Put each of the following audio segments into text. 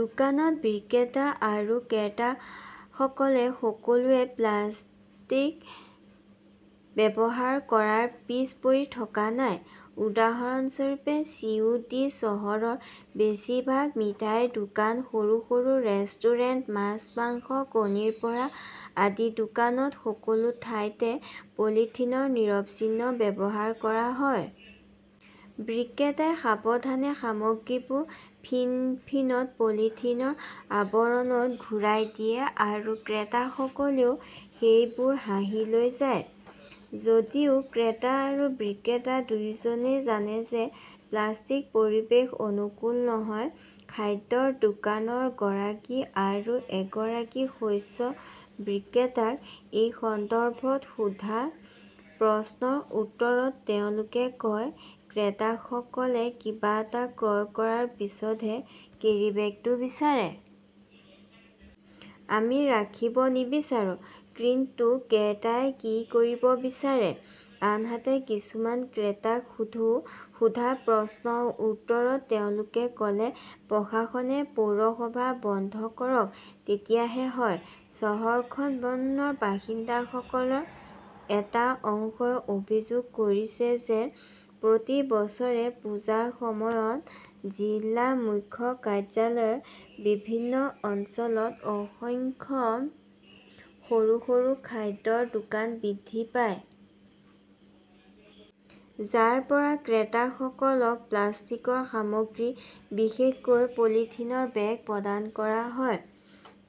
দোকানত বিক্ৰেতা আৰু ক্ৰেতাসকলে সকলোৱে প্লাষ্টিক ব্যৱহাৰ কৰাৰ পিছ পৰি থকা নাই। উদাহৰণস্বৰূপে, চিউডি চহৰৰ বেছিভাগ মিঠাইৰ দোকান, সৰু - সৰু ৰেষ্টুৰেণ্ট, মাছ, মাংস, কণীৰ পৰা আদি দোকানত সকলো ঠাইতে পলিথিনৰ নিৰবিচ্ছিন্ন ব্যৱহাৰ কৰা হয়। বিক্ৰেতাই সাৱধানে সামগ্ৰীবোৰ ফিনফিনত পলিথিনৰ আৱৰণত ঘূৰাই দিয়ে আৰু ক্ৰেতাসকলেও সেইবোৰ হাঁহিৰে লৈ যায়। যদিও ক্ৰেতা আৰু বিক্ৰেতা দুয়োজনেই জানে যে প্লাষ্টিক পৰিৱেশ অনুকূল নহয়। খাদ্যৰ দোকানৰ গৰাকী আৰু এগৰাকী শস্য বিক্ৰেতাক এই সন্দৰ্ভত সোধা প্ৰশ্নৰ উত্তৰত তেওঁলোকে কয়, ক্ৰেতাসকলে কিবা এটা ক্ৰয় কৰাৰ পিছতহে কেৰীবেগটো বিচাৰে। আমি ৰাখিব নিবিচাৰো। কিন্তু ক্ৰেতাই কি কৰিব বিচাৰে। আনহাতে কিছুমান ক্ৰেতাক সোধা প্ৰশ্নৰ উত্তৰত তেওঁলোকে কলে, প্ৰশাসনে পৌৰসভা বন্ধ কৰক তেতিয়াহে হয়। চহৰখনৰ বাসিন্দাসকলৰ এটা অংশই অভিযোগ কৰিছে যে প্ৰতি বছৰে পূজাৰ সময়ত জিলা মুখ্য কাৰ্যালয়ৰ বিভিন্ন অঞ্চলত অসংখ্য সৰু - সৰু খাদ্যৰ দোকান বৃদ্ধি পায়। যাৰ পৰা ক্ৰেতাসকলক প্লাষ্টিকৰ সামগ্ৰী, বিশেষকৈ পলিথিনৰ বেগ প্ৰদান কৰা হয়।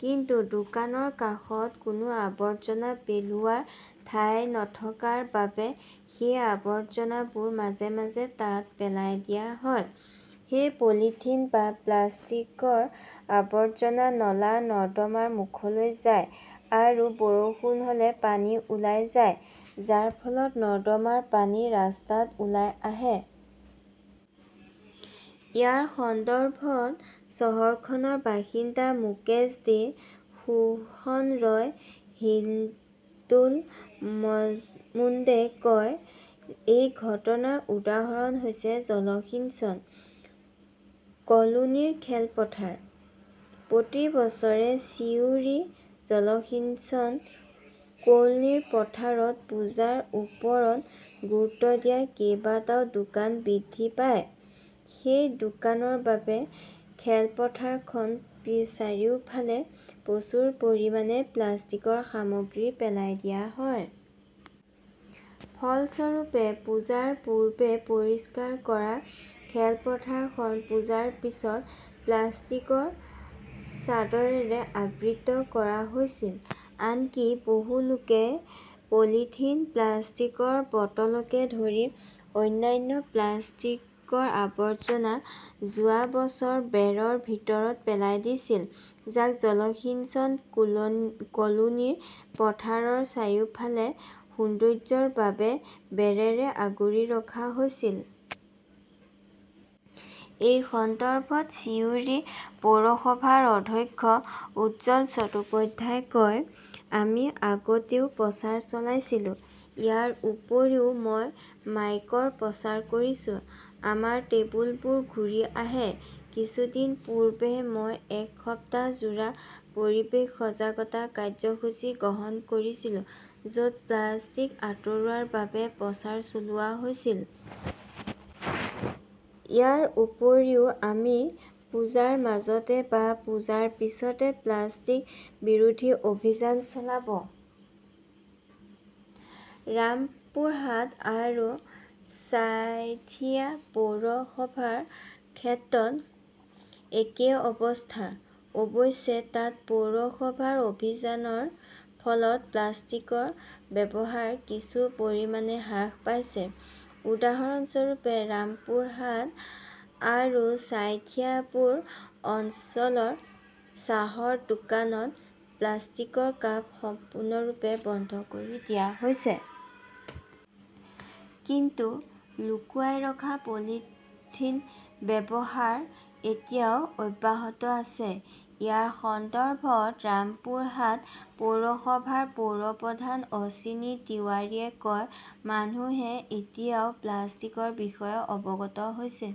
কিন্তু দোকানৰ কাষত কোনো আৱৰ্জনা পেলোৱাৰ ঠাই নথকাৰ বাবে সেই আৱৰ্জনাবোৰ মাজে - মাজে তাত পেলাই দিয়া হয়। সেই পলিথিন বা প্লাষ্টিকৰ আৱৰ্জনা নলা-নৰ্দমাৰ মুখলৈ যায় আৰু বৰষুণ হ'লে পানী ওলাই নাযায়, যাৰ ফলত নৰ্দমাৰ পানী ৰাস্তাত ওলাই আহে। ইয়াৰ সন্দৰ্ভত চহৰখনৰ বাসিন্দা মুকেশ দে, সোহন ৰয়, হিন্দোল মজমুদ্ৰে কয়, এই ঘটনাৰ উদাহৰণ হৈছে জলসিঞ্চন কলোনীৰ খেলপথাৰ। প্ৰতি বছৰে চিউৰি জলসিঞ্চন কলোনীৰ পথাৰত পূজাৰ ওপৰত গুৰুত্ব দিয়া কেইবাটাও দোকান বৃদ্ধি পায়। সেই দোকানৰ বাবে খেলপথাৰখনৰ চাৰিওফালে প্ৰচুৰ পৰিমাণে প্লাষ্টিকৰ সামগ্ৰী পেলাই দিয়া হয়। ফলস্বৰূপে, পূজাৰ পূৰ্বে পৰিষ্কাৰ কৰা খেলপথাৰখন পূজাৰ পিছত প্লাষ্টিকৰ চাদৰেৰে আবৃত কৰা হৈছিল। আনকি বহু লোকে পলিথিন, প্লাষ্টিকৰ বটলকে ধৰি অন্যান্য প্লাষ্টিকৰ আৱৰ্জনা যোৱা বছৰ বেৰৰ ভিতৰত পেলাই দিছিল, যাক জলসিঞ্চন কলোনীৰ পথাৰৰ চাৰিওফালে সৌন্দৰ্য্যৰ বাবে বেৰেৰে আগুৰি ৰখা হৈছিল। এই সন্দৰ্ভত চিউৰি পৌৰসভাৰ অধ্যক্ষ উজ্জ্বল চট্টোপাধ্যায়ই কয়, আমি আগতেও প্ৰচাৰ চলাইছিলো। ইয়াৰ উপৰিও মই মাইকৰ প্ৰচাৰ কৰিছো। আমাৰ টেবুলবোৰ ঘূৰি আহিছে। কিছুদিন পূৰ্বে মই এক সপ্তাহজোৰা পৰিৱেশ সজাগতা কাৰ্যসূচী গ্ৰহণ কৰিছিলো য 'ত প্লাষ্টিক আতৰোৱাৰ বাবে প্ৰচাৰ চলোৱা হৈছিল। ইয়াৰ উপৰিও আমি পূজাৰ মাজতে বা পূজাৰ পিছতে প্লাষ্টিক বিৰোধী অভিযান চলাব। ৰামপুৰহাট আৰু ছাইথিয়া পৌৰসভাৰ ক্ষেত্ৰতো একেই অৱস্থা। অৱশ্যে, তাত পৌৰসভাৰ অভিযানৰ ফলত প্লাষ্টিকৰ ব্যৱহাৰ কিছু পৰিমাণে হ্ৰাস পাইছে। উদাহৰণস্বৰূপে, ৰামপুৰহাট আৰু ছাইথিয়া পুৰ অঞ্চলৰ চাহৰ দোকানসমূহত প্লাষ্টিকৰ কাপ সম্পূৰ্ণৰূপে বন্ধ কৰি দিয়া হৈছে। কিন্তু লুকুৱাই ৰখা পলিথিন ব্যৱহাৰ এতিয়াও অব্যাহত আছে। ইয়াৰ সন্দৰ্ভত ৰামপুৰহাট পৌৰসভাৰ পৌৰ প্ৰধান অশ্বিনী তিৱাৰীয়ে কয়, মানুহে এতিয়াও প্লাষ্টিকৰ বিষয়ে অৱগত হৈছে।